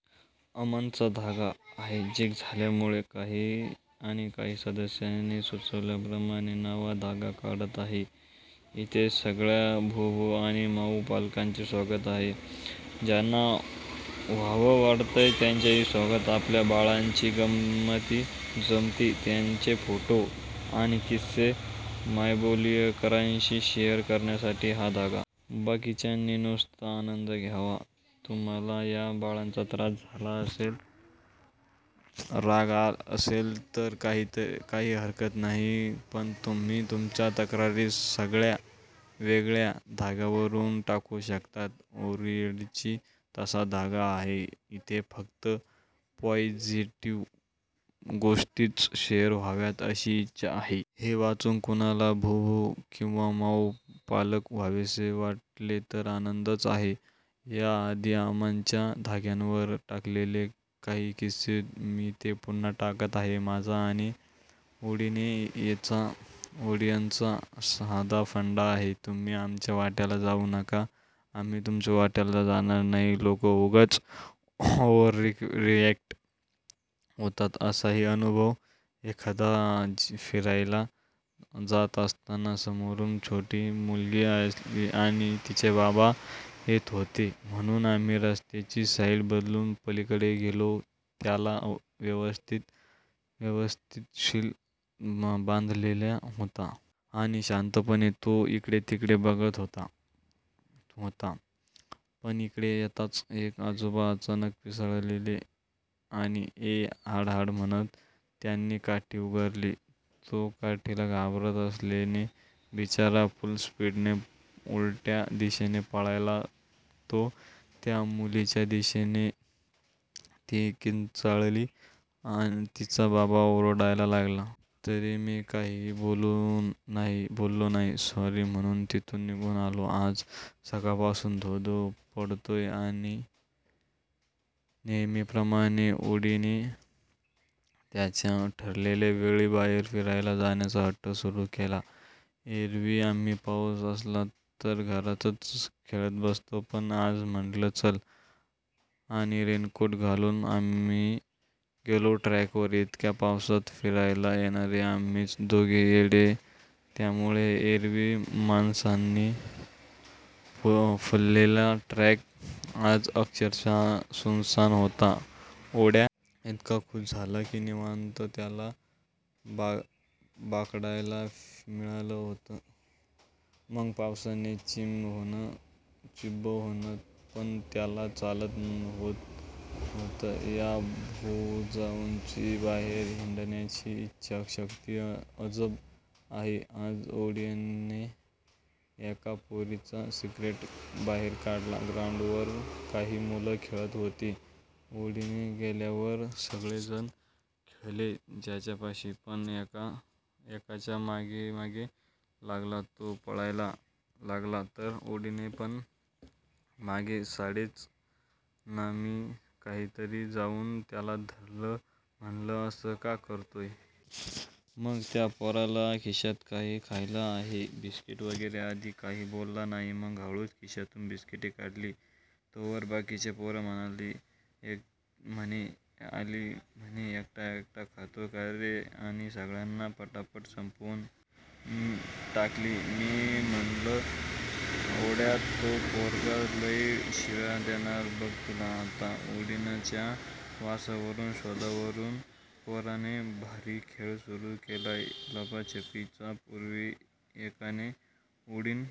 अमांचा धागा हायजॅक झाल्यामुळे आणि काही सदस्यांनी सुचवल्याप्रमाणे नवा धागा काढत आहे. इथे सगळ्या भूभू आणि माऊ पालकांचे स्वागत आहे. ज्यांना व्हावं वाटतय त्यांचेही स्वागत आपल्या बाळांच्या गमंती जमती, त्यांचे फोटो आणि किस्से मायबोलीकरांशी शेअर करण्यासाठी हा धागा. बाकीच्यांनी नुसता आनंद घ्यावा. तुम्हाला या बाळांचा त्रास झाला असेल, राग असेल तरी हरकत नाही. पण तुम्ही तुमच्या तक्रारी वेगळ्या धाग्यावर टाकू शकता. ऑलरेडी तसा धागा आहे. इथे फक्त पॉझीटीव्ह गोष्टीच शेअर व्हाव्यात अशी इच्छा आहे. हे वाचून कुणाला भूभू किंवा माऊ पालक व्हावेसे वाटले तर आनंदच आहे. या आधी अमांच्या धाग्यावर टाकलेले काही किस्से इथे पुन्हा टाकत आहे. माझा आणि ओडीन चा साधा फंडा आहे तुम्ही आमच्या वाट्याला जाऊ नका आम्ही तुमच्या वाट्याला जाणार नाही लोकं उगाचच ओव्हररिऍक्ट होतात असाही अनुभव एकदा फिरायला जात असताना समोरून छोटी मुलगी आणि तिचे बाबा येत होते म्हणून आम्ही रस्त्याची साईड बदलून पलीकडे गेलो त्याला व्यवस्थित लीश बांधलेला होता. आणि शांतपणे तो इकडे तिकडे बघत चालत होता पण इकडे येताच एक आजोबा अचानक पिसाळले आणि ए हाड हाड म्हणत त्यांनी काठी उगारली तो काठीला घाबरत असल्याने बिचारा फुल स्पीडणे उलट्या दिशेला पळाला तो त्या मुलीच्या दिशेने ती किंचाळली तिचा बाबा ओरडायला लागला. तरी मी काही बोललो नाही सॉरी म्हणून तिथून निघून आलो आज सकाळपासून धोधो पडतोय आणि नेहमीप्रमाणे ओडीन ने त्याच्या ठरलेल्या वेळी बाहेर फिरायला न्यायचा हट्ट सुरू केला एरवी आम्ही पाऊस असला तर घरातच खेळतबसतो पण आज म्हणलं चल आणि रेनकोट घालून आम्ही गेलो ट्रॅक वर इतक्या पावसात फिरायला येणारे आम्हीच दोघे येडे तयामुळे एरवी माणसांनी फुललेला ट्रॅक आज अक्षरशः सुनसान होता.ओड्या इतका खुष झाला की निवांत त्याला बागडायला मिळत होत. मग पावसाने चिंब होणं पण त्याला चालत होत या भूभाऊंची बाहेर हिंडण्याची इच्छाशक्ती अजब आहे. आज ओडीन ने एका पोराचा सिक्रेट बाहेर काढलं ग्राउंड वर काही मुलं खेळत होती, ओडीन गेल्यावर सगळे जण खेळले त्याच्याशी पण हा एकाच्या मागेमागे लागला, तो पळायला लागला तर ओडिन पण मागे, सोडेच ना मी कसातरी जाऊन त्याला धरलं म्हणलं असं का करतोय?? मग त्या पोराला म्हणलं खिशात काही खायला आहे बिस्कीट वगैर आधी काही बोलला नाही मग हळूच खिशातून बिस्किटे काढली तोवर बाकीची पोरं आली म्हणे एकटा एकटा खातोय का रे आणि सगळ्यानी पटापट संपवून टाकली मी म्हणलं, ओड्या तो पोरगा लै शिव्या देणार बघ तूला आता ओडीन च्या वासावरून शोधण्यावरून पोराने भारी खेळ सुरू केलाय, लपाछपी चा पूर्वी एकाने ओडीन--